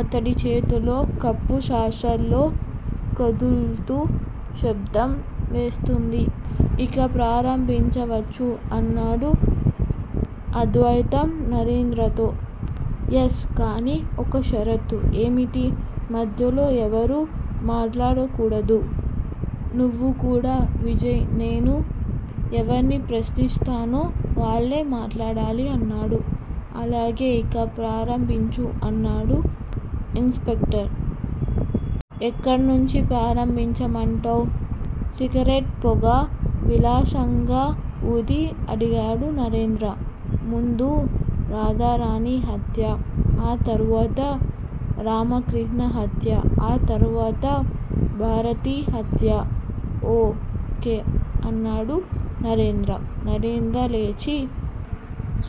అతడి చేతిలో cup saucer లో కదుల్తూ శబ్దం వేస్తోంది. ఇక ప్రారంభించవచ్చు అన్నాడు అద్వయితం నరేంద్రతో. ఎస్. కాని ఒక్క షరతు ఏమిటి? మధ్యలో ఎవరూ మాట్లాడకూడదు. నువ్వుకూడా విజయ్ నేను ఎవర్ని ప్రశ్నిస్తానో వాళ్ళే మాట్లాడాలి అన్నాడు. అలాగే ఇక ప్రారంభించు అన్నాడు ఇన్స్ స్పెక్టర్. ఎక్కడ్నుంచి ప్రారంభించమంటావ్? సిగరెట్ పొగ విలాసంగా ఊది అడిగాడు నరేంద్ర. ముందు రాధారాణి హత్యా, ఆ తర్వాత రామకృష్ణ హత్యా ఆ తర్వాత భారతి హత్యా ఓ. కె. అన్నాడు నరేంద్ర. నరేంద్ర లేచి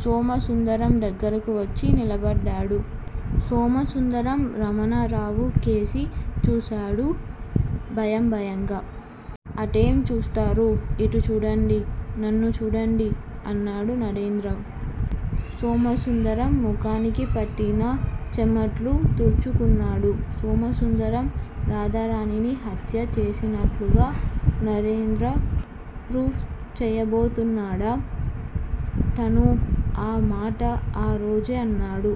సోమసుందరం దగ్గరకు వచ్చి నిలబడ్డాడు. సోమసుందరం రమణారావు కేసి చూశాడు భయం భయంగా. అటేం చూస్తారు? ఇటు చూడండి. నన్ను చూడండి అన్నాడు నరేంద్ర. సోమసుందరం ముఖానికి పట్టిన చమట్లు- తుడుచుకొన్నాడు. సోమసుందరం రాధారాణిని హత్య చేసినట్టుగా నరేంద్ర ప్రూప్ చెయ్యబోతున్నాడా? తను ఆ మాట ఆ రోజే అన్నాడు.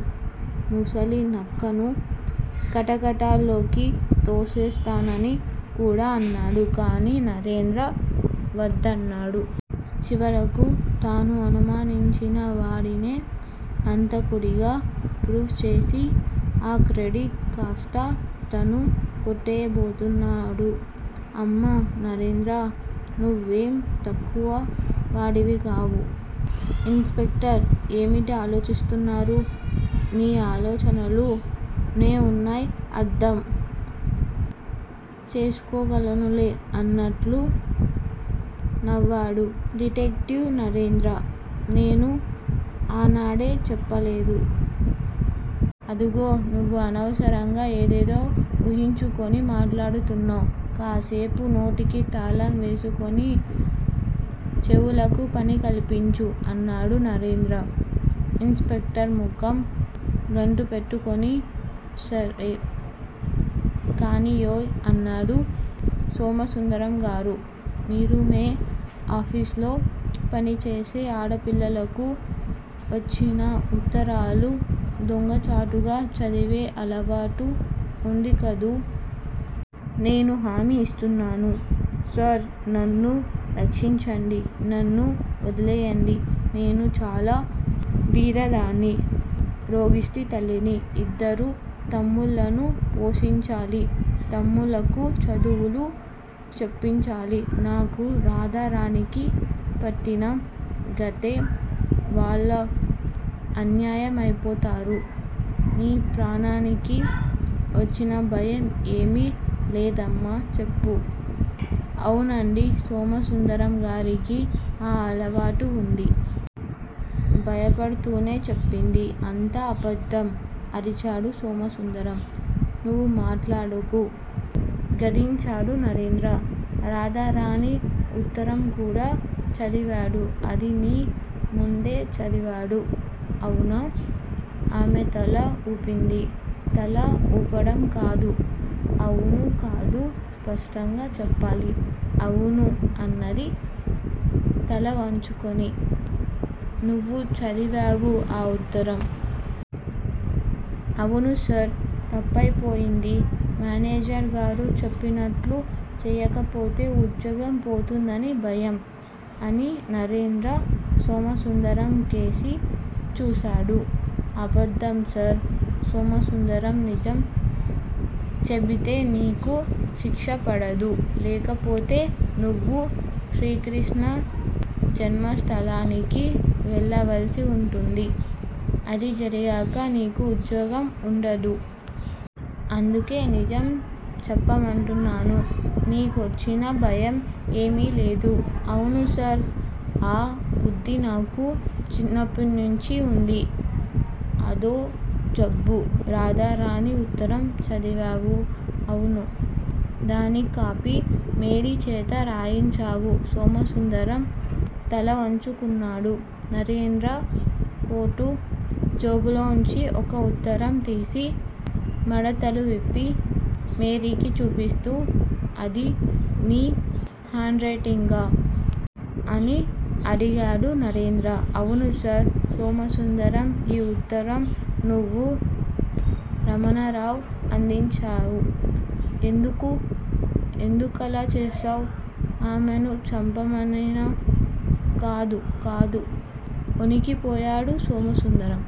ముసలి నక్కను కటకటాల్లోకి తోస్తేనని కూడా అన్నాడు. కాని నరేంద్ర వద్దన్నాడు. చివరకు తను అనుమానించిన వాడినే హంతకుడిగా ప్రూవ్ చేసి ఆ క్రెడిట్ కాస్తా తను కొట్టెయ్యబోతున్నాడు. అమ్మ నరేంద్రా! నువ్వేం తక్కువ వాడివికావు. ఇన్స్ స్పెక్టర్ ఏమిటి ఆలోచిస్తున్నారు, నీ ఆలోచనలు న్నెఉ అర్థం చేసుకోగలనులే అన్నట్టు నవ్వాడు డిటెక్టివ్ నరేంద్ర. నేను ఆనాడే చెప్పలేదూ? అదుగో! నువ్వు అనవసరంగా ఏదేదో ఊహించుకొని మాట్లాడుతున్నావ్. కాసేపు నోటికి తాళం వేసుకొని చెవులకు పని కల్పించు అన్నాడు నరేంద్ర. ఇన్స్ స్పెక్టర్ ముఖం గంటుపెట్టుకొని సరే, కానియ్! అన్నాడు సోమసుందరంగారూ? మీకు మే ఆఫీసులో పనిచేసే ఆడపిల్లలకు వచ్చిన ఉత్తరాలు దొంగచాటుగా చదివే అలవాటు ఉందికదూ? నేను హామీ ఇస్తున్నాను. సార్ నన్ను రక్షించండి. నన్ను వదిలెయ్యండి. నేను చాలా బీదదాన్ని. రోగిష్టి తల్లినీ, ఇద్దరు తమ్ముళ్ళనూ పోషించాలి. తమ్ముళ్లకు చదువులు చెప్పించాలి. నాకూ రాధారాణికి పట్టిన గతే వాళ్ళు అన్యాయం అయిపోతారు. నీ ప్రాణానికి వచ్చిన భయం ఏమీ లేదమ్మా చెప్పు, అవునండీ సోమసుందరంగారికీ ఆ అలవాటు ఉంది. భయపడుతూనే చెప్పింది. అంతా అబద్దం! అరిచాడు సోమసుందరం. నువ్వు మాట్లాడకు. గద్దించాడు నరేంద్ర. రాధారాణి ఉత్తరం కూడా చదివాడు అది నీ ముందే చదివాడు. అవునా? ఆమె తల ఊపింది. తల ఊపడం కాదు. అవును. కాదు. స్పష్టంగా చెప్పాలి. అవును అన్నది తలవంచుకొని. నువ్వూ చదివావు ఆ ఉత్తరం. అవును సార్, తప్పయి పోయింది. మేనేజర్ గారు చెప్పినట్లు చెయ్యకపోతే ఉద్యోగం పోతుందని భయం. అని నరేంద్ర సోమసుందరంకేసి చూశాడు. అబద్దం సార్! సోమసుందరం! నిజం చెబితే నీకు శిక్షపడదు. లేకపోతే నువ్వూ శ్రీకృష్ణ జన్మస్థలానికి వెళ్ళవలసి ఉంటుంది. అది జరిగాక నీకు ఉద్యోగం ఉండదు. అందుకే నిజం చెప్పమంటున్నాను. నీకొచ్చిన భయం ఏమీలేదు. అవును సార్. ఆ బుద్ది నాకు చిన్నప్పట్నుంచీ ఉంది. అదో జబ్బు. రాధారాణి ఉత్తరం చదివావు. అవును! దాని కాపీ మేరీ చేత రాయించావు. సోమసుందరం తలవంచుకొన్నాడు. నరేంద్ర కోటు జేబులోనుంచి ఒక ఉత్తరం తీసి మడతలు విప్పి మేరీకి చూపిస్తూ అదీ నీ హండ్ రైటింగా? అని అడిగాడు నరేంద్ర. అవును సార్. సోమసుందరం ఈ ఉత్తరం నువ్వు రమణరావు అందించావు. ఎందుకు? ఎందుకలా చేశావ్? ఆమెను చంపమనేనా? కాదు, కాదు. ఒణికి పోయాడు సోమసుందరం.